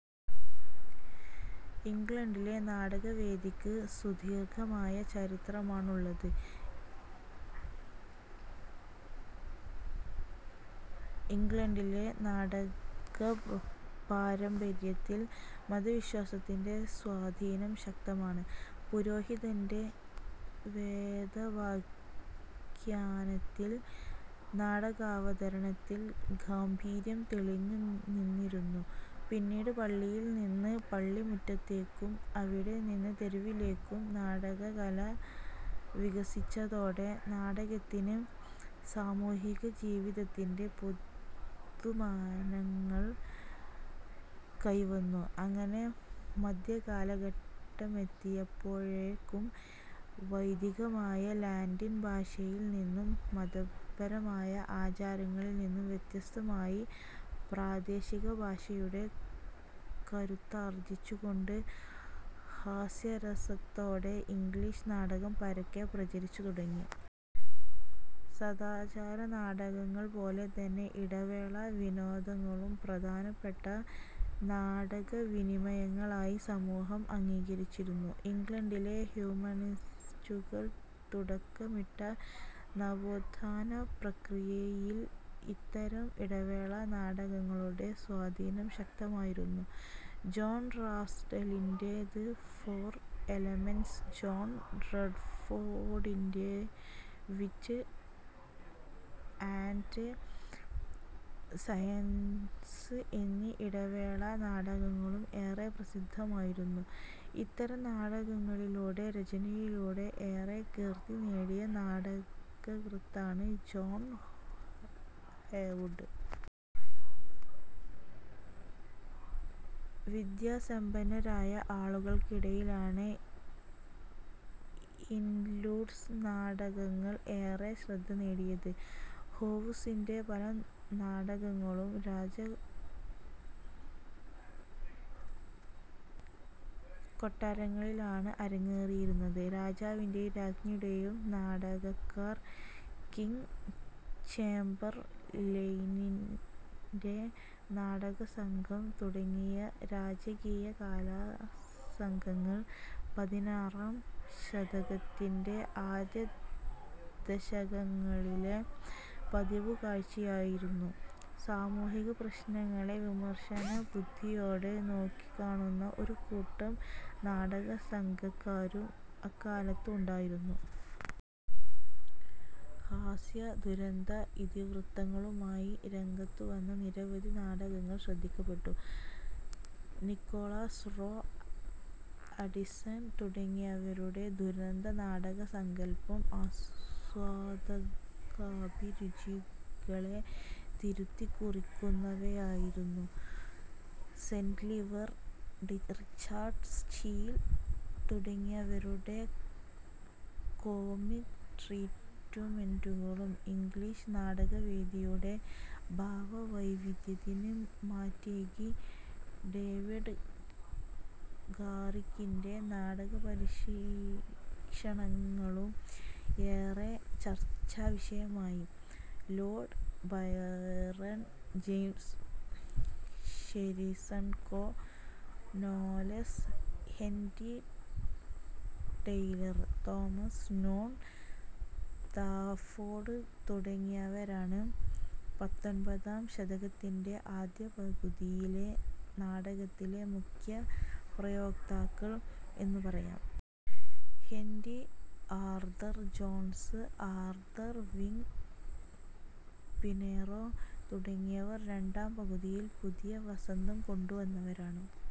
ഇംഗ്ലണ്ടിലെ നാടകവേദിക്ക് സുദീർഘമായ ചരിത്രമാണുള്ളത്. ഇംഗ്ലണ്ടിലെ നാടകപാരമ്പര്യത്തിൽ മതവിശ്വാസത്തിന്റെ സ്വാധീനം ശക്തമാണ്. പുരോഹിതന്റെ വേദവാഖ്യാനത്തിൽ നാടകാവതരണത്തിൽ ഗാംഭീര്യം തെളിഞ്ഞുനിന്നിരുന്നു. പിന്നീട് പള്ളിയിൽനിന്ന് പള്ളിമുറ്റത്തേക്കും അവിടെനിന്ന് തെരുവിലേക്കും നാടകകല വികസിച്ചതോടെ നാടകത്തിന് സാമൂഹിക ജീവിതത്തിന്റെ പൊതുമാനങ്ങൾ കൈവന്നു. അങ്ങനെ മധ്യകാലഘട്ടമെത്തിയപ്പോഴേക്കും വൈദികമായ ലാറ്റിൻഭാഷയിൽനിന്നും മതപരമായ ആചാരങ്ങളിൽനിന്നും വ്യത്യസ്തമായി പ്രാദേശികഭാഷയുടെ കരുത്താർജിച്ചുകൊണ്ട് ഹാസ്യരസത്തോടെ ഇംഗ്ലീഷ് നാടകം പരക്കെ പ്രചരിച്ചുതുടങ്ങി. സദാചാര നാടകങ്ങൾപോലെതന്നെ ഇടവേള വിനോദങ്ങളും പ്രധാനപ്പെട്ട നാടകവിനിമയങ്ങളായി സമൂഹം അംഗീകരിച്ചിരുന്നു. ഇംഗ്ലണ്ടിലെ ഹ്യൂമനിസ്റ്റുകൾ തുടക്കമിട്ട നവോത്ഥാനപ്രക്രിയയിൽ ഇത്തരം ഇടവേള നാടകങ്ങളുടെ സ്വാധീനം ശക്തമായിരുന്നു. ജോൺ റാസ്ടലിന്റെ ദ് ഫോർ എലമെന്റ്സ്, ജോൺ റെഡ്ഫോഡിന്റെ വിറ്റ് ആൻഡ് സയൻസ് എന്നീ ഇടവേള നാടകങ്ങളും ഏറെ പ്രസിദ്ധമായിരുന്നു. ഇത്തരം നാടകങ്ങളുടെ രചനയിലൂടെ ഏറെ കീർത്തി നേടിയ നാടകകൃത്താണ് ജോൺ ഹേവുസ്. വിദ്യാസമ്പന്നരായ ആളുകൾക്കിടയിലാണ് ഇൻർലൂഡ്സ് നാടകങ്ങൾ ഏറെ ശ്രദ്ധ നേടിയത്. ഹോവുസിന്റെ പല നാടകങ്ങളും രാജകൊട്ടാരങ്ങളിലാണ് അരങ്ങേറിയിരുന്നത്. രാജാവിന്റെയും രാജ്ഞിയുടെയും നാടകക്കാർ, കിങ് ചേംബർ ലെയിനിന്റെ നാടകസംഘം തുടങ്ങിയ രാജകീയ കലാസംഘങ്ങൾ പതിനാറാം ശതകത്തിന്റെ ആദ്യദശകങ്ങളിലെ പതിവുകാഴ്ചയായിരുന്നു. സാമൂഹിക പ്രശ്നങ്ങളെ വിമർശന ബുദ്ധിയോടെ നോക്കിക്കാണുന്ന ഒരുകൂട്ടം നാടകസംഘക്കാരും അക്കാലത്ത് ഉണ്ടായിരുന്നു. ഹാസ്യ-ദുരന്ത ഇതിവൃത്തങ്ങളുമായി രംഗത്തുവന്ന നിരവധി നാടകങ്ങൾ ശ്രദ്ധിക്കപ്പെട്ടു. നിക്കോളാസ് റോ, അഡിസൺ തുടങ്ങിയവരുടെ ദുരന്ത നാടകസങ്കല്പം ആസ്വാദകാഭിരുചികളെ തിരുത്തിക്കുറിക്കുന്നവയായിരുന്നു. സെന്റ് ലിവർ, റിച്ചാഡ് സ്റ്റീൽ തുടങ്ങിയവരുടെ കോമിക് ട്രീറ്റുമെന്റുകളും ഇംഗ്ലീഷ് നാടകവേദിയുടെ ഭാവവൈവിധ്യത്തിന് മാറ്റേകി. ഡേവിഡ് ഗാറിക്കിന്റെ നാടകപരീക്ഷണങ്ങളും ഏറെ ചർച്ചാവിഷയമായി. Lord Byron, James Sheridan, Knowles, Henry Taylor, Thomas Noon Talfourd തുടങ്ങിയവരാണ് പത്തൊൻപതാം ശതകത്തിന്റെ ആദ്യപകുതിയിലെ നാടകത്തിന്റെ മുഖ്യ പ്രയോക്താക്കൾ എന്നു പറയാം. Henry Arthur Jones, Arthur Wing Pinero തുടങ്ങിവർ രണ്ടാംപകുതിയിൽ പുതിയ വസന്തംകൊണ്ടുവന്നവരാണ്.